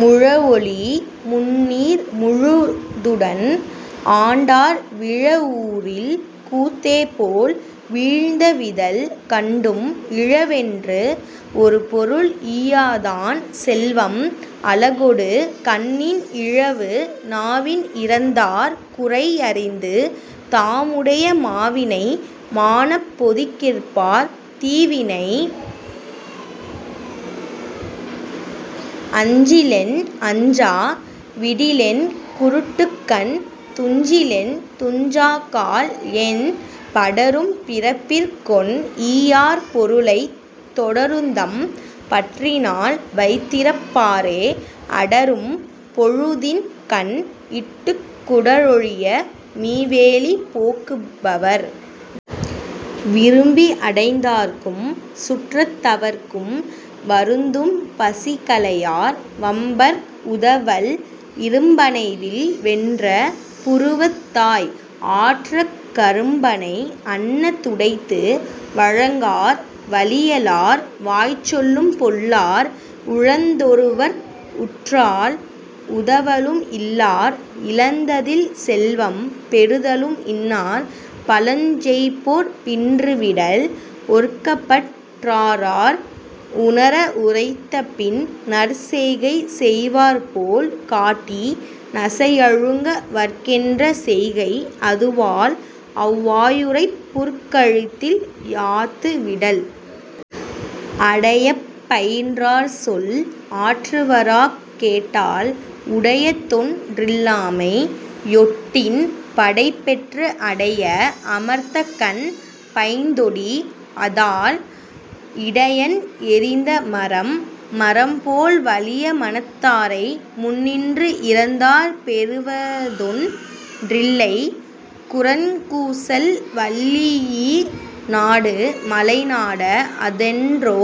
முழவொலி முந்நீர் முழுதுடன் ஆண்டார் விழவூரில் கூத்தேபோல் வீழ்ந்தவிதல் கண்டும் இழவென்று ஒருபொருள் ஈயாதான் செல்வம் 'அழகொடு கண்ணின் இழவு'. நாவின் இரந்தார் குறையறிந்து தாமுடைய மாவினை மாணப் பொதிகிற்பார் தீவினை அஞ்சிலென் அஞ்சா விடிலென் 'குருட்டுக்கண் துஞ்சிலென் துஞ்சாக்கால் என்? ' படரும் பிறப்பிற்கொன் ஈயார் பொருளைத் தொடருந்தம் பற்றினால் வைத்திறப் பாரே அடரும் பொழுதின்கண் இட்டுக் 'குடரொழிய மீவேலி போக்கு பவர்'. விரும்பி அடைந்தார்க்கும் சுற்றத் தவர்க்கும் வருந்தும் பசிகளையார் வம்பர்க் உதவல் இரும்பணைவில் வென்ற புருவத்தாய்! 'ஆற்றக் கரும்பனை அன்ன துடைத்து'. வழங்கார் வலியலார் வாய்ச்சொல்லும் பொல்லார் உழந்தொருவர்க் உற்றால் உதவலும் இல்லார் இழந்ததில் செல்வம் பெறுதலும் இன்னார் 'பழஞ்செய்போர் பின்று விடல்'. ஒற்கப்பட் டாற்றார் உணர உரைத்தபின் நற்செய்கை செய்வார்போல் காட்டி நசையழுங்க வற்கென்ற செய்கை அதுவால் அவ்வாயுறைப் புற்கழுத்தில் யாத்து விடல்'. அடையப் பயின்றார்சொல் ஆற்றுவராக் கேட்டால் உடையதொன் றில்லாமை யொட்டின் படைபெற்று அடைய அமர்த்தகண் பைந்தொடி! அஃதால் 'இடையன் எறிந்த மரம்'. மரம்போல் வலிய மனத்தாரை முன்னின்று இரந்தார் பெறுவதொன் றில்லை குரங்கூசல் வள்ளியி னாடு மலைநாட! அஃதன்றோ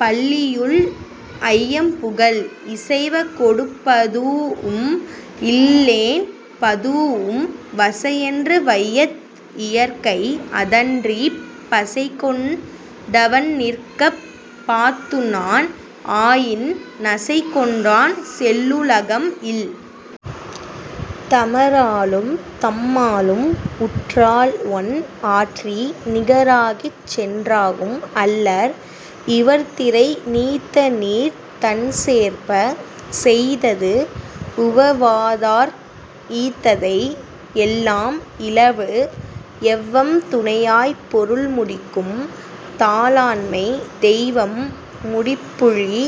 'பள்ளியுள் ஐயம் புகல்' இசைவ கொடுப்பதூஉம் இல்லென் பதூஉம் வசையன்று வையத் இயற்கை அஃதன்றிப் பசைகொண் டவன்நிற்கப் பாத்துண்ணான் ஆயின் 'நசைகொன்றான் செல்லுலகம் இல்'. தமராலும் தம்மாலும் உற்றால்ஒன் ஆற்றி நிகராகிச் சென்றாகும் அல்லர் இவர்திரை நீத்தநீர்த் தண்சேர்ப்ப! செய்தது 'உவவாதார்க் ஈத்ததை எல்லாம் இழவு'. எவ்வம் துணையாய்ப் பொருள்முடிக்கும் தாளாண்மை தெய்வம் முடிப்புழி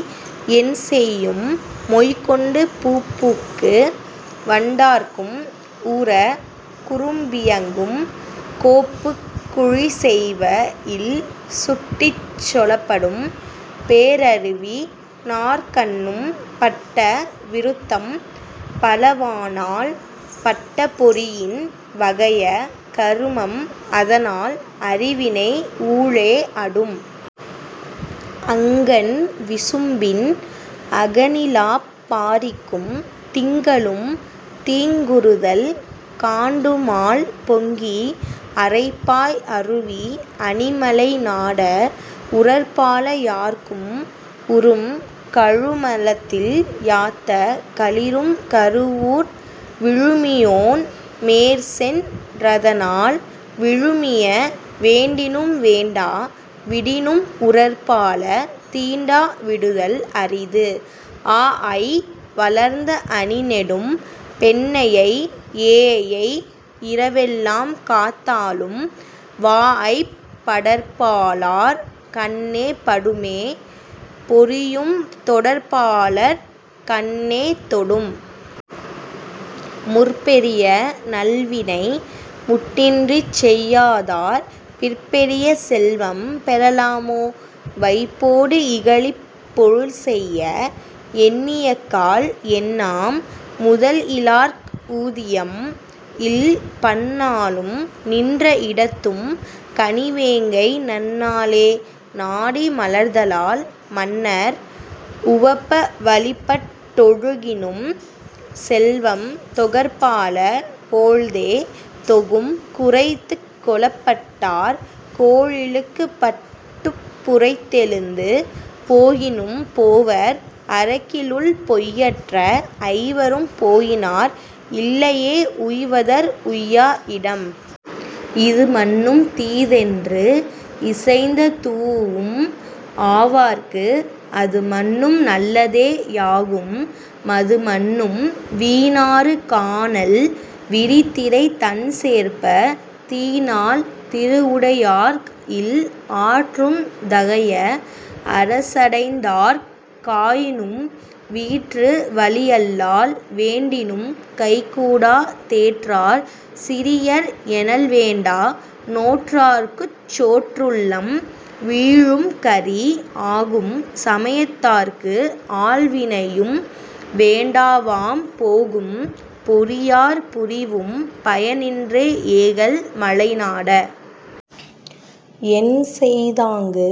என்செய்யும்? மொய்கொண்டு பூப்புக்கு வண்டார்க்கும் ஊர! 'குறும்பியங்கும் கோப்புக் குழிச்செய்வ இல்'. சுட்டிச் சொலப்படும் பேரறிவி னார்கண்ணும் பட்ட விருத்தம் பலவானால் பட்ட பொறியின் வகைய கருமம் அதனால் 'அறிவினை ஊழே அடும்'. அங்கண் விசும்பின் அகனிலாப் பாரிக்கும் திங்களும் தீங்குறுதல் காண்டுமால் பொங்கி அறைப்பாய் அருவி அணிமலை நாட! 'உறற்பால யார்க்கும் உறும்'. கழுமலத்தில் யாத்த களிறும் கருவூர் விழுமியோன் மேற்சென் றதனால் விழுமிய வேண்டினும் வேண்டா விடினும் 'உறற்பால தீண்டா விடுதல் அரிது'. ஆஅய் வளர்ந்த அணிநெடும் பெண்ணையை ஏஎய் இரவெல்லாம் காத்தாலும் வாஅய்ப் படற்பாலார் கண்ணே படுமே 'பொறியும் தொடற்பாலார் கண்ணே தொடும்'. முற்பெரிய நல்வினை முட்டின்றிச் செய்யாதார் பிற்பெரிய செல்வம் பெறலாமோ? வைப்போடு இகலிப் பொருள்செய்ய எண்ணியக்கால் என்னாம்? 'முதல்இலார்க் ஊதியம் இல்'. பன்னாளும் நின்ற இடத்தும் கணிவேங்கை நன்னாளே நாடி மலர்தலால் மன்னர் உவப்ப வழிபட் டொழுகினும் செல்வம் 'தொகற்பால போழ்தே தொகும்'. குரைத்துக் கொளப்பட்டார் கோளிழுக்குப் பட்டுப் புரைத்தெழுந்து போகினும் போவர் அரக்கில்லுள் பொய்யற்ற ஐவரும் போயினார் 'இல்லையே உய்வதற் உய்யா இடம்'. இதுமன்னும் தீதென்று இசைந்ததூஉம் ஆவார்க்கு அதுமன்னும் நல்லதே யாகும் மதுமன்னும் வீநாறு கானல் விரிதிரை தண்சேர்ப்ப! 'தீநாள் திருவுடையார்க் இல்' ஆற்றுந் தகைய அரசடைந்தார்க் காயினும் வீற்று வழியல்லால் வேண்டினும் கைகூடா தேற்றார் சிறியர் எனல்வேண்டா 'நோற்றார்க்குச் சோற்றுள்ளும் வீழும் கறி'. ஆகும் சமயத்தார்க்கு ஆள்வினையும் வேண்டாவாம் போகும் பொறியார் புரிவும் பயனின்றே ஏகல் மலைநாட! என்செய்தாங்கு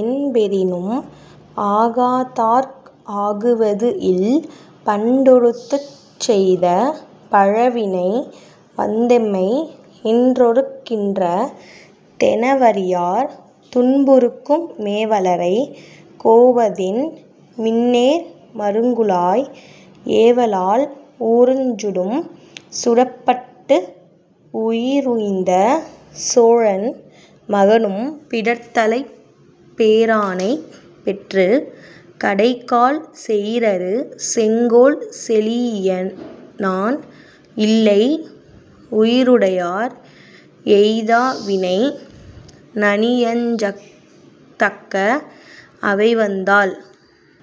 என்பெறினும் 'ஆகாதார்க் ஆகுவது இல்'. பண்டுருத்துச் செய்த பழவினை வந்தெம்மை இன்றொறுக் கின்ற தெனவறியார் துன்புறுக்கும் மேவலரை கோவதென்? மின்னேர் மருங்குலாய்! 'ஏவலாள் ஊருஞ் சுடும்'. சுடப்பட்டு உயிருய்ந்த சோழன் மகனும் பிடர்த்தலைப் பேரானைப் பெற்றுக் கடைக்கால் செயிரறு செங்கோல் செலீஇயனான் 'இல்லை உயிருடையார் எய்தா வினை. ' நனியஞ்சத் தக்க அவைவந்தால்